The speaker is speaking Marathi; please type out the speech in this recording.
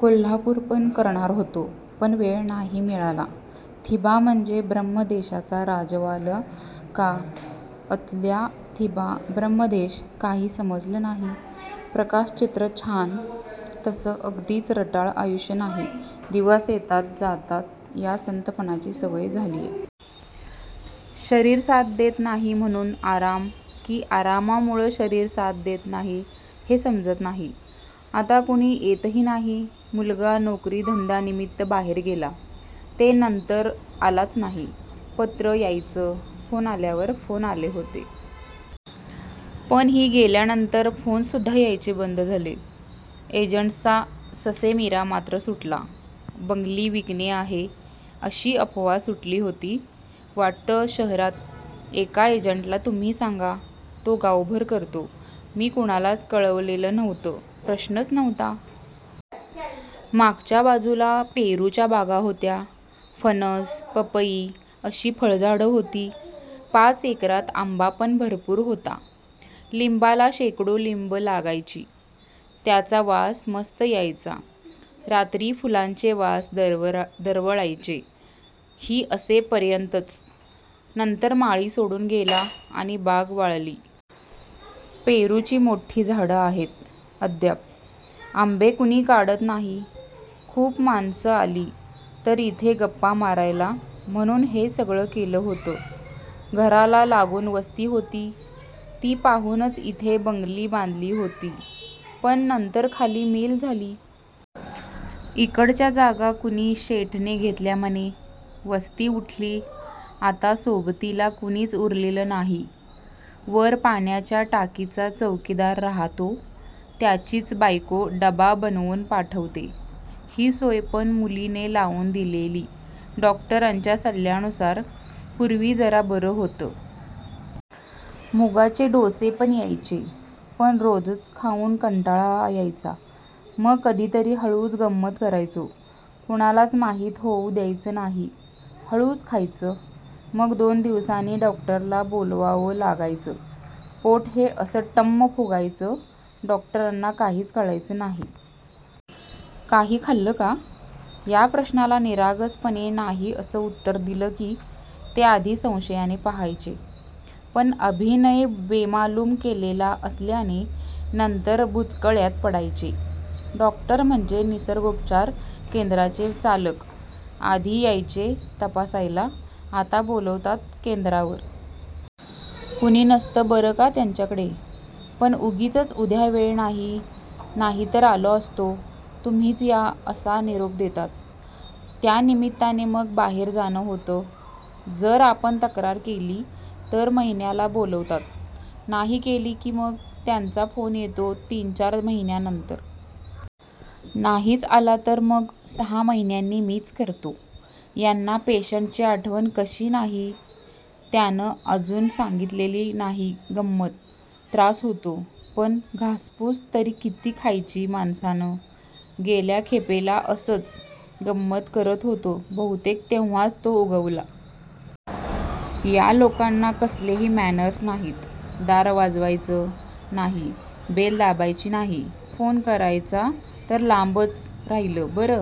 कोल्हापूर पण करणार होतो पण वेळ नाही मिळाला. थिबा म्हणजे ब्रह्मदेशाचा राजावालं का? अतल्या, थिबा ब्रम्हदेश काही समजंल नाही. प्रकाशचित्र छान! तसं अगदीच रटाळ आयुष्य नाही. दिवस येतात, जातात. या संथपणाची सवय झालीय. शरीर साथ देत नाही म्हणून आराम कि आरामामुळं शरीर साथ देत नाही हे समजत नाही. आता कुणी येतही नाही. मुलगा नोकरी धंद्यानिमित्त बाहेर गेला ते नंतर आलाच नाही. पत्रं यायचं. फोन आल्यावर फोन आले होते. पण ही गेल्यानंतर फोन सुद्धा यायचे बंद झाले. एजंट्सचा ससेमिरा मात्र सुटला. बंगली विकणे आहे अशी अफवा सुटली होती वाटतं शहरात. एका एजंटला तुम्ही सांगा, तो गावभर करतो. मी कुणालाच कळवलेलं नव्हतं. प्रश्नच नव्हता. मागच्या बाजूला पेरूच्या बागा होत्या. फणस, पपई अशी फळझाडं होती. पाच एकरात आंबा पण भरपूर होता. लिंबाला शेकडो लिंब लागायची. त्याचा वास मस्त यायचा. रात्री फुलांचे वास दरवळायचे. ही असे पर्यंतच. नंतर माळी सोडून गेला आणि बाग वाळली. पेरूची मोठी झाडं आहेत अद्याप. आंबे कुणी काढत नाही. खूप माणसं आली तर इथे गप्पा मारायला म्हणून हे सगळं केलं होतं. घराला लागून वस्ती होती. ती पाहूनच इथे बंगली बांधली होती. पण नंतर खाली मिल झाली. इकडच्या जागा कूणी शेठने घेतल्या म्हणे. वस्ती उठली. आता सोबतीला कुणीच उरलेलं नाही. वर पाण्याच्या टाकीचा चौकीदार राहतो. त्याचीच बायको डबा बनवून पाठवते. ही सोय पण मुलीने लावून दिलेली. डॉक्टरच्या सल्ल्यानुसार. पूर्वी जरा बरं होतं. मुगाचे डोसे पण यायचे. पण रोजच खाऊन कंटाळा यायचा. मग कधीतरी हळूच गंमत करायचो. कुणालाच माहीत होऊ द्यायचं नाही. हळूच खायचं. मग दोन दिवसांनी डॉक्टरला बोलवावं लागायचं. पोट हे असं टम्म फुगायचं. डॉक्टरांना काहीच कळायचं नाही. काही खाल्लं का? या प्रश्नाला निरागसपणे नाही असं उत्तर दिलं की ते आधी संशयाने पहायचे. पण अभिनय बेमालूम केलेला असल्याने नंतर बुचकळ्यात पडायचे. डॉक्टर म्हणजे निर्सगोपचार केंद्राचे चालक. आधी यायचे तपासायला. आता बोलवतात केंद्रावर. कुणी नसतं बरं का त्यांच्याकडे. पण उगीचच उद्या वेळ नाही नाहीतर आलो असतो. तुम्हीच या असा निरोप देतात. त्या निमित्ताने मग बाहेर जाणं होतं. जर आपण तक्रार केली तर महिन्याला बोलवतात. नाही केली की मग त्यांचा फोन येतो तीन चार महीन्यानंतर. नाहीच आला तर मग सहा महीन्यांनी मीच करतो. यांना पेशंटची आठवण कशी नाही? त्यांन अजून सांगितलेली नाही गंमत. त्रास होतो. पण घासपूस तरी किती खायची माणसानं? गेल्या खेपेला असंच गंमत करत होतो बहुतेक तेव्हांच तो उगवला. या लोकांना कसलेही मॅनर्स नाहीत. दार वाजवायचं नाही, बेल दाबायची नाही. फोन करायचा तर लांबच राहीलं. बर